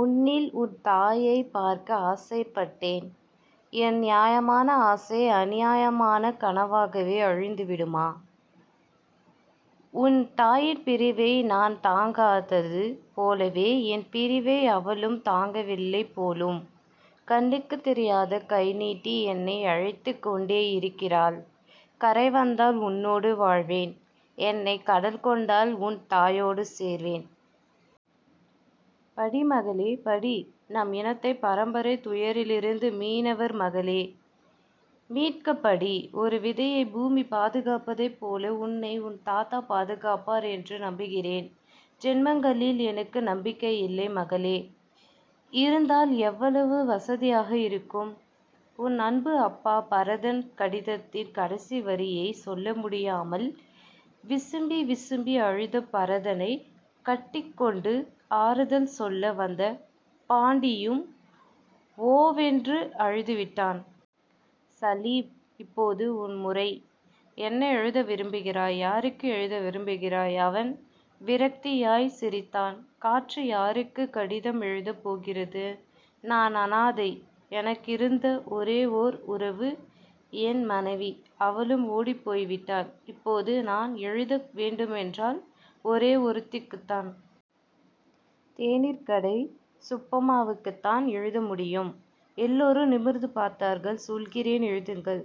உன்னில் உன் தாயைப் பார்க்க ஆசைப்பட்டேன். என் நியாயமான ஆசை அநியாயமான கனவாகவே அழிந்துவிடுமா? உன் தாயின் பிரிவை நான் தாங்காதது போலவே என் பிரிவை அவளும் தாங்கவில்லைபோலும். கண்ணுக்குத் தெரியாத கைநீட்டி என்னை அழைத்துக் கொண்டேயிருக்கிறாள். கரை வந்தால் உன்னோடு வாழ்வேன். என்னைக் கடல்கொண்டால் உன் தாயோடு சேர்வேன். படி மகளே. படி. நம் இனத்தைப் பரம்பரைத் துயரிலிருந்து மீனவர்மகளே... மீட்கப் படி. ஒரு விதையைப் பூமி பாதுகாப்பதைப் போல உன்னை உன் தாத்தா பாதுகாப்பார் என்று நம்புகிறேன். ஜென்மங்களில் எனக்கு நம்பிக்கை இல்லை மகளே. இருந்தால் எவ்வளவு வசதியாக இருக்கும். உன் அன்பு அப்பா, பரதன் கடிதத்தின் கடைசி வரியைச் சொல்லமுடியாமல் விசும்பி விசும்பி அழுத பரதனைக் கட்டிக்கொண்டு ஆறுதல் சொல்லவந்த பாண்டியும் ஓவென்று அழுதுவிட்டான். சலீம். இப்போது உன் முறை. என்ன எழுத விரும்புகிறாய்? யாருக்கு எழுத விரும்புகிறாய்? அவன் விரக்தியாய்ச் சிரித்தான். காற்று யாருக்குக் கடிதம் எழுதப் போகிறது? நான் அநாதை. எனக்கிருந்த ஒரே ஓர் உறவு என் மனைவி. அவளும் ஓடிப் போய்விட்டாள். இப்போது நான் எழுத வேண்டுமென்றால் ஒரே ஒருத்திக்குத்தான். தேநீர்க்கடை சுப்பம்மாவுக்குத்தான் எழுதமுடியும். எல்லோரும் நிமிர்ந்து பார்த்தார்கள். சொல்கிறேன் எழுதுங்கள்.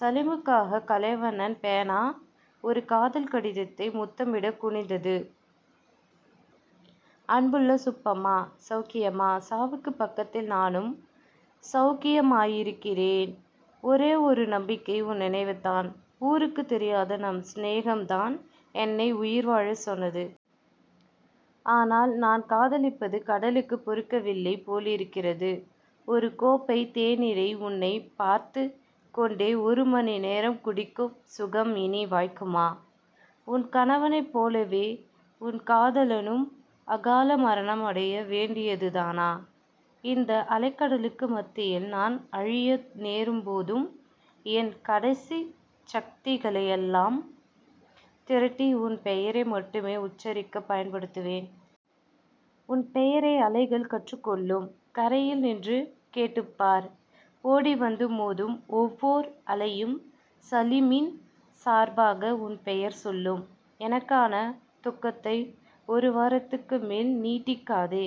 சலீமுக்காகக் கலைவண்ணன் பேனா ஒரு காதல் கடிதத்தை முத்தமிடக் குனிந்தது. அன்புள்ள சுப்பம்மா. செளக்கியமா? சாவுக்குப் பக்கத்தில் நானும் செளக்கியமாயிருக்கிறேன். ஒரே ஒரு நம்பிக்கை உன் நினைவுதான். ஊருக்குத் தெரியாத நம் சிநேகம்தான் என்னை உயிர்வாழச் சொன்னது. ஆனால், நான் காதலிப்பது கடலுக்குப் பொறுக்கவில்லை போலிருக்கிறது. ஒரு கோப்பைத் தேநீரை உன்னைப் பார்த்துக் கொண்டே ஒரு மணி நேரம் குடிக்கும் சுகம் இனி வாய்க்குமா? உன் கணவனைப் போலவே உன் காதலனும் அகால மரணமடைய வேண்டியதுதானா? இந்த அலைகடலுக்கு மத்தியில் நான் அழிய நேரும்போதும் என் கடைசிச் சக்திகளையெல்லாம் திரட்டி உன் பெயரை மட்டுமே உச்சரிக்கப் பயன்படுத்துவேன். உன் பெயரை அலைகள் கற்றுக்கொள்ளும். கரையில் நின்று கேட்டுப்பார். ஓடிவந்து மோதும் ஒவ்வோர் அலையும் சலீமின் சார்பாக உன் பெயர் சொல்லும். எனக்கான துக்கத்தை ஒருவாரத்துக்கு மேல் நீட்டிக்காதே.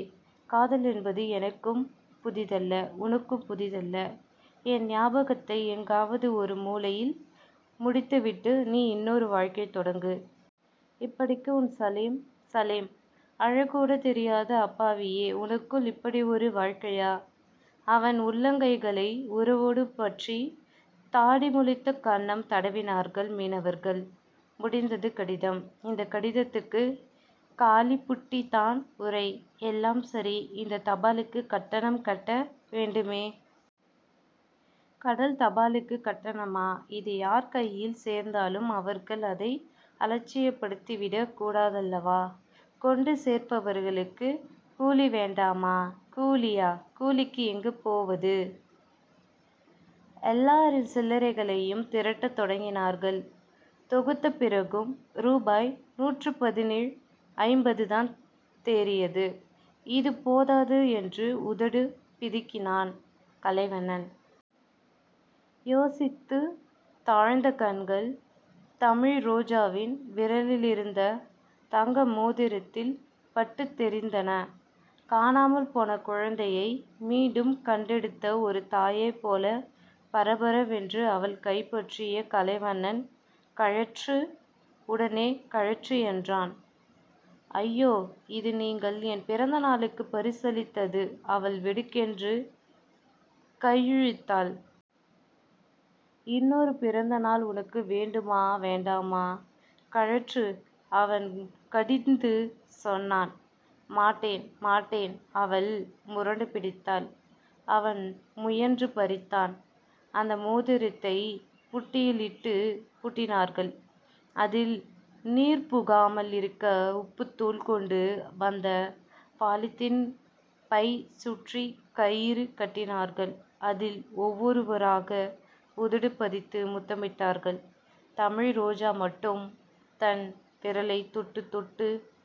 காதல் என்பது எனக்கும் புதிதல்ல. உனக்கும் புதிதல்ல. என் ஞாபகத்தை எங்காவது ஒரு மூலையில் முடிந்துவிட்டு நீ இன்னொரு வாழ்க்கை தொடங்கு. இப்படிக்கு, உன் சலீம். சலீம். அழக்கூடத் தெரியாத அப்பாவியே. உனக்குள் இப்படி ஒரு வாழ்க்கையா? அவன் உள்ளங்கைகளை உறவோடு பற்றித் தாடி முளைத்த கன்னம் தடவினார்கள் மீனவர்கள். முடிந்தது கடிதம். இந்தக் கடிதத்துக்குக் காலிபுட்டிதான் உறை. எல்லாம் சரி.. இந்தத் தபாலுக்குக் கட்டணம் கட்ட வேண்டுமே... கடல் தபாலுக்குக் கட்டணமா? இது யார் கையில் சேர்ந்தாலும் அவர்கள் அதை அலட்சியப்படுத்திவிடக் கூடாதல்லவா. கொண்டு சேர்ப்பவர்களுக்குக் கூலிவேண்டாமா? கூலியா? கூலிக்கு எங்கு போவது? எல்லாரின் சில்லறைகளையும் திரட்டத் தொடங்கினார்கள். தொகுத்தபிறகும் ருபாய் நூற்றுப்பதினேழு ஐம்பதுதான் தேறியது. இது போதாது என்று உதடு பிதுக்கினான் கலைவண்ணன். யோசித்துத் தாழ்ந்த கண்கள், தமிழ்ரோஜாவின் விரலிலிருந்த தங்கமோதிரத்தில் பட்டுத் தெறித்தன. காணாமல்போன குழந்தையை மீண்டும் கண்டெடுத்த ஒரு தாயைப் போலப் பரபரவென்று அவள் கைபற்றிய கலைவண்ணன் கழற்று. உடனே கழற்று என்றான். அய்யோ. இது நீங்கள் என் பிறந்த நாளுக்குப் பரிசளித்தது அவள் வெடுக்கென்று கையிழுத்தாள். இன்னொரு பிறந்த நாள் உனக்கு வேண்டுமா வேண்டாமா கழற்று அவன் கடிந்து சொன்னான். மாட்டேன்... மாட்டேன்... அவள் முரண்டுபிடித்தாள். அவன் முயன்று பறித்தான். அந்த மோதிரத்தைப் புட்டியிலிட்டுப் பூட்டினார்கள். அதில் நீர்புகாமல் இருக்க உப்புத்தூள் கொண்டு வந்த பாலிதீன் பை சுற்றிக் கயிறு கட்டினார்கள். அதில் ஒவ்வொருவராக உதடு பதித்து முத்தமிட்டார்கள். தமிழ்ரோஜா மட்டும் தன் விரலைத் தொட்டுத் தொட்டுப்